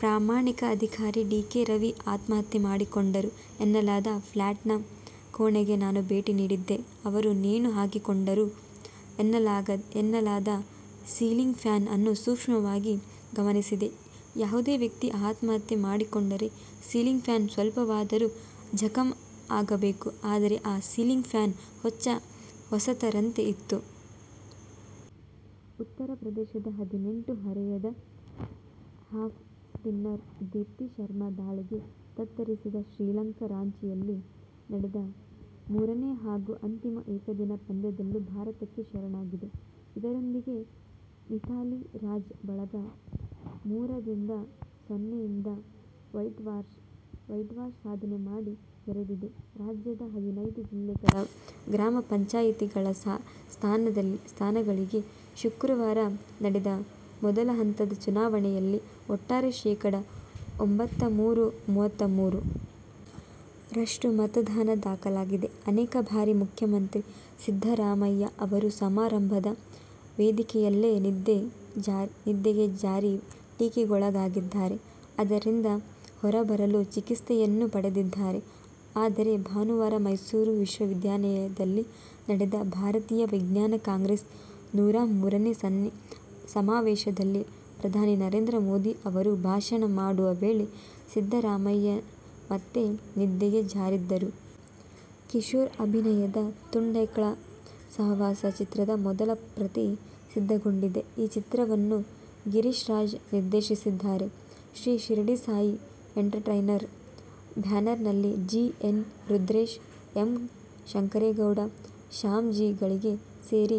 ಪ್ರಾಮಾಣಿಕ ಅಧಿಕಾರಿ D. K. Ravi ಆತ್ಮಹತ್ಯೆ ಮಾಡಿಕೊಂಡರು ಎನ್ನಲಾದ ಫ್ಲ್ಯಾಟ್ನ ಕೋಣೆಗೆ ನಾನು ಭೇಟಿ ನೀಡಿದ್ದೆ. ಅವರು ನೇಣು ಹಾಕಿಕೊಂಡರು ಎನ್ನಲಾದ ಸೀಲಿಂಗ್ ಫ್ಯಾನ್ ಅನ್ನು ಸೂಕ್ಷ್ಮವಾಗಿ ಗಮನಿಸಿದೆ. ಯಾವುದೇ ವ್ಯಕ್ತಿ ಆತ್ಮಹತ್ಯೆ ಮಾಡಿಕೊಂಡರೆ ಸಿಲಿಂಗ್ ಫ್ಯಾನ್ ಸ್ವಲ್ಪವಾದರೂ ಜಖಂ ಆಗಬೇಕು. ಆದರೆ ಆ ಸೀಲಿಂಗ್ ಫ್ಯಾನ್ ಹೊಚ್ಚ ಹೊಸತರಂತೆ ಇತ್ತು. ಉತ್ತರಪ್ರದೇಶದ ಹದಿನೆಂಟು ಹರೆಯದ ಆಫ್ ಸ್ಪಿನ್ನರ್ ದೀಪ್ತಿ ಶರ್ಮಾ ದಾಳಿಗೆ ತತ್ತರಿಸಿದ ಶ್ರೀಲಂಕಾ ರಾಂಚಿಯಲ್ಲಿ ನಡೆದ ಮೂರನೇ ಹಾಗೂ ಅಂತಿಮ ಏಕದಿನ ಪಂದ್ಯದಲ್ಲೂ ಭಾರತಕ್ಕೆ ಶರಣಾಗಿದೆ. ಇದರೊಂದಿಗೆ ಮಿಥಾಲಿ ರಾಜ್ ಬಳಗ ಮೂರ ರಿಂದ ಸೊನ್ನೆಯಿಂದ ವೈಟವಾಷ್ ಸಾಧನೆ ಮಾಡಿ ಮೆರೆದಿದೆ. ರಾಜ್ಯದ ಹದಿನೈದು ಜಿಲ್ಲೆಗಳ ಗ್ರಾಮ ಪಂಚಾಯಿತಿಗಳ ಸ್ಥಾನಗಳಿಗೆ ಶುಕ್ರವಾರ ನಡೆದ ಮೊದಲ ಹಂತದ ಚುನಾವಣೆಯಲ್ಲಿ ಒಟ್ಟಾರೆ ಶೇಕಡಾ ಎಂಬತ್ತಮೂರು .ಮುವತ್ತಮೂರು ರಷ್ಟು ಮತದಾನ ದಾಖಲಾಗಿದೆ. ಅನೇಕ ಭಾರಿ ಮುಖ್ಯಮಂತ್ರಿ ಸಿದ್ದರಾಮಯ್ಯ ಅವರು ಸಮಾರಂಭದ ವೇದಿಕೆಯಲ್ಲೇ ನಿದ್ದೆಗೆ ಜಾರಿ ಟೀಕೆಗೊಳಗಾಗಿದ್ದಾರೆ. ಅದರಿಂದ ಹೊರಬರಲು ಚಿಕಿತ್ಸೆಯನ್ನೂ ಪಡೆದಿದ್ದಾರೆ. ಆದರೆ ಭಾನುವಾರ ಮೈಸೂರು ವಿಶ್ವವಿದ್ಯಾಲಯದಲ್ಲಿ ನಡೆದ ಭಾರತೀಯ ವಿಜ್ಞಾನ ಕಾಂಗ್ರೆಸ್ನ ನೂರಾಮೂರನೇ ಸಮಾವೇಶದಲ್ಲಿ ಪ್ರಧಾನಿ ನರೇಂದ್ರ ಮೋದಿ ಅವರು ಭಾಷಣ ಮಾಡುವ ವೇಳೆ ಸಿದ್ದರಾಮಯ್ಯ ಮತ್ತೆ ನಿದ್ದೆಗೆ ಜಾರಿದ್ದರು. ಕಿಶೋರ್ ಅಭಿನಯದ ತುಂಡ್ಹೈಕ್ಳ ಸಾವಾಸ ಚಿತ್ರದ ಮೊದಲ ಪ್ರತಿ ಸಿದ್ಧಗೊಂಡಿದೆ. ಈ ಚಿತ್ರವನ್ನು ಗಿರಿರಾಜ್ ನಿರ್ದೇಶಿಸಿದ್ದಾರೆ. ಶ್ರೀ ಶಿರಡಿ ಸಾಯಿ ಎಂಟರ್ಟ್ರೆನರ್ ಬ್ಯಾನರ್ನಲ್ಲಿ G. N. Rudresh, M. Shankaregowda, Shyam Jigali ಸೇರಿ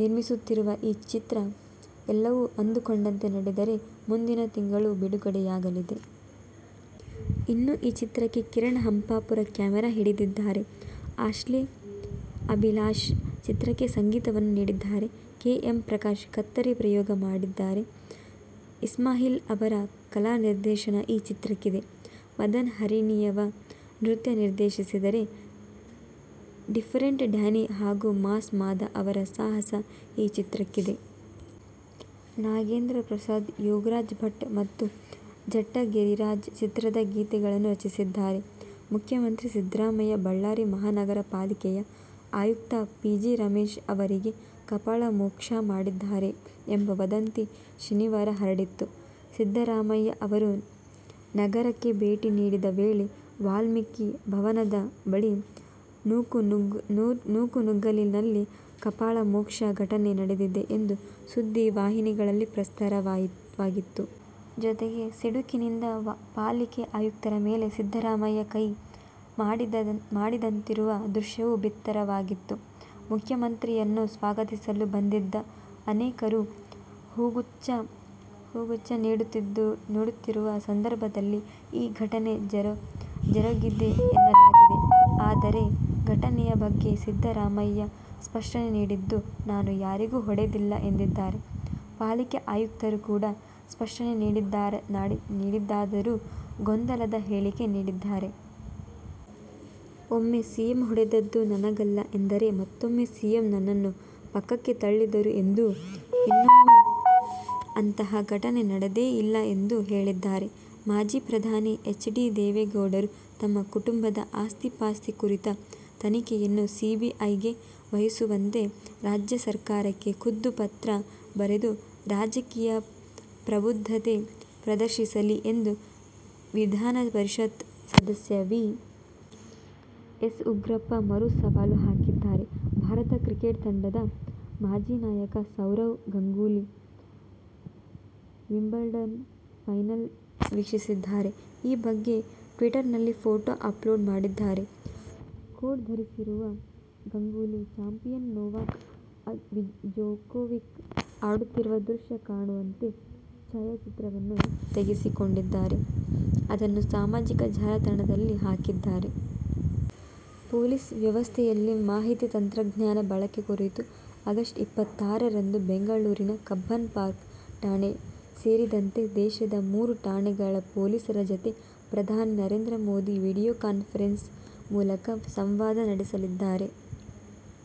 ನಿರ್ಮಿಸುತ್ತಿರುವ ಈ ಚಿತ್ರ ಎಲ್ಲವೂ ಅಂದುಕೊಂಡಂತೆ ನಡೆದರೆ ಮುಂದಿನ ತಿಂಗಳು ಬಿಡುಗಡೆಯಾಗಲಿದೆ. ಇನ್ನು, ಈ ಚಿತ್ರಕ್ಕೆ ಕಿರಣ್ ಹಂಪಾಪುರ ಕ್ಯಾಮೆರಾ ಹಿಡಿದಿದ್ದಾರೆ. ಆಶ್ಲೆ ಅಭಿಲಾಶ್ ಚಿತ್ರಕ್ಕೆ ಸಂಗೀತವನ್ನು ನೀಡಿದ್ದಾರೆ. ಕೆ. ಎಂ. ಪ್ರಕಾಶ್ ಕತ್ತರಿ ಪ್ರಯೋಗ ಮಾಡಿದರೆ, ಇಸ್ಮಾಯಿಲ್ ಅವರ ಕಲಾನಿರ್ದೇಶನ ಈ ಚಿತ್ರಕ್ಕಿದೆ. ಮದನ್-ಹರಿಣಿಯವ ನೃತ್ಯ ನಿರ್ದೇಶಿಸಿದರೆ, ಡಿಫರೆಂಟ್ ಡ್ಯಾನಿ ಹಾಗು ಮಾಸ್ ಮಾದ ಅವರ ಸಾಹಸ ಈ ಚಿತ್ರಕ್ಕಿದೆ. ನಾಗೇಂದ್ರ ಪ್ರಸಾದ್, ಯೋಗರಾಜ್ ಭಟ್ ಮತ್ತು ಜಟ್ಟ ಗಿರಿರಾಜ್ ಚಿತ್ರದ ಗೀತೆಗಳನ್ನು ರಚಿಸಿದ್ದಾರೆ. ಮುಖ್ಯಮಂತ್ರಿ ಸಿದ್ದರಾಮಯ್ಯ ಬಳ್ಳಾರಿ ಮಹಾನಗರ ಪಾಲಿಕೆಯ ಆಯುಕ್ತಪಿ. ಜಿ. ರಮೇಶ್ ಅವರಿಗೆ ಕಪಾಳ ಮೋಕ್ಷಾ ಮಾಡಿದ್ದಾರೆ ಎಂಬ ವದಂತಿ ಶನಿವಾರ ಹರಡಿತ್ತು. ಸಿದ್ದರಾಮಯ್ಯ ಅವರು ನಗರಕ್ಕೆ ಭೇಟಿ ನೀಡಿದ ವೇಳೆ ವಾಲ್ಮೀಕಿ ಭವನದಬಳಿ ನೂಕುನುಗ್ಗಲಿನಲ್ಲಿ ಕಪಾಳ ಮೋಕ್ಷ ಘಟನೆ ನಡೆದಿದೆ ಎಂದು ಸುದ್ದಿವಾಹಿನಗಳಲ್ಲಿಪ್ರಸಾರವಾಗಿತ್ತು. ಜೊತೆಗೆ ಸಿಡುಕಿನಿಂದ ಪಾಲಿಕೆ ಆಯುಕ್ತರ ಮೇಲೆ ಸಿದ್ದರಾಮಯ್ಯಕೈ ಮಾಡಿದಂತಿರುವ ದೃಶ್ಯವೂ ಬಿತ್ತರವಾಗಿತ್ತು. ಮುಖ್ಯಮಂತ್ರಿಯನ್ನು ಸ್ವಾಗತಿಸಲು ಬಂದಿದ್ದ ಅನೇಕರು ಹೂಗುತ್ಛ ನೀಡುತ್ತಿರುವ ಸಂದರ್ಭದಲ್ಲಿ ಈ ಘಟನೆ ಜರುಗಿದೆಎನ್ನಲಾಗಿತ್ತು. ಆದರೆ, ಘಟನೆಯ ಬಗ್ಗೆ ಸಿದ್ದರಾಮಯ್ಯ ಸ್ಪಷ್ಟನೆ ನೀಡಿದ್ದು, ನಾನು ಯಾರಿಗೂ ಹೊಡೆದಿಲ್ಲ ಎಂದಿದ್ದಾರೆ. ಪಾಲಿಕೆ ಆಯುಕ್ತರು ಕೂಡ ಸ್ಪಷ್ಟನೆನೀಡಿದ್ದಾರಾದರೂ ಗೊಂದಲದ ಹೇಳಿಕೆ ನೀಡಿದ್ದಾರೆ. ಒಮ್ಮೆ ಸಿಎಂ ಹೊಡೆದದ್ದುನನಗಲ್ಲ ಎಂದರೆ, ಮತ್ತೂಮ್ಮೆ ಸಿಎಂ ನನ್ನನ್ನು ಪಕ್ಕಕ್ಕೆ ತಳ್ಳಿದರು ಎಂದೂ, ಇನ್ನೊಮ್ಮೆಅಂತಹ ಘಟನೆ ನಡೆದೇ ಇಲ್ಲ ಎಂದೂ ಹೇಳಿದ್ದಾರೆ. ಮಾಜಿ ಪ್ರಧಾನಿ ಎಚ್. ಡಿ. ದೇವೇಗೌಡರು ತಮ್ಮ ಕುಟುಂಬದ ಆಸ್ತಿ- ಪಾಸ್ತಿ ಕುರಿತ ತನಿಖೆಯನ್ನು ಸಿಬಿಐಗೆ ವಹಿಸುವಂತೆ ರಾಜ್ಯ ಸರ್ಕಾರಕ್ಕೆ ಖುದ್ದು ಪತ್ರ ಬರೆದು ರಾಜಕೀಯ ಪ್ರಬುದ್ಧತೆ ಪ್ರದರ್ಶಿಸಲಿ ಎಂದು ವಿಧಾನಪರಿಷತ್ ಸದಸ್ಯ ವಿ. ಎಸ್. ಉಗ್ರಪ್ಪ ಮರು ಸವಾಲು ಹಾಕಿದ್ದಾರೆ. ಭಾರತ ಕ್ರಿಕೆಟ್ ತಂಡದ ಮಾಜಿ ನಾಯಕ ಸೌರವ್ ಗಂಗೂಲಿ ವಿಂಬಲ್ಡನ್ ಫೈನಲ್ ವೀಕ್ಷಿಸಿದ್ದಾರೆ. ಈ ಬಗ್ಗೆ ಟ್ವೀಟರ್ನಲ್ಲಿ ಫೋಟೋ ಅಪ್ಲೋಡ್ ಮಾಡಿದ್ದಾರೆ. ಕೋಟ್ ಧರಿಸಿರುವ ಗಂಗೂಲಿ, ಚಾಂಪಿಯನ್ ನೊವಾಕ್ ಜೊಕೋವಿಕ್ ಆಡುತ್ತಿರುವ ದೃಶ್ಯ ಕಾಣುವಂತೆ ಛಾಯಾಚಿತ್ರವನ್ನು ತೆಗೆಸಿಕೊಂಡಿದ್ದಾರೆ. ಅದನ್ನು ಸಾಮಾಜಿಕ ಜಾಲತಾಣದಲ್ಲಿ ಹಾಕಿದ್ದಾರೆ. ಪೊಲೀಸ್ ವ್ಯವಸ್ಥೆಯಲ್ಲಿ ಮಾಹಿತಿ ತಂತ್ರಜ್ಞಾನ' ಬಳಕೆ ಕುರಿತು ಆಗಸ್ಟ್ ಇಪ್ಪತ್ತಾರರಂದು ಬೆಂಗಳೂರಿನ ಕಬ್ಬನ್ ಪಾರ್ಕ್ ಠಾಣೆ ಸೇರಿದಂತೆ ದೇಶದ ಮೂರು ಠಾಣೆಗಳ ಪೊಲೀಸರ ಜತೆ ಪ್ರಧಾನಿ ನರೇಂದ್ರ ಮೋದಿ ವಿಡಿಯೋ ಕಾನ್ಫರೆನ್ಸ್ ಮೂಲಕ ಸಂವಾದ ನಡೆಸಲಿದ್ದಾರೆ.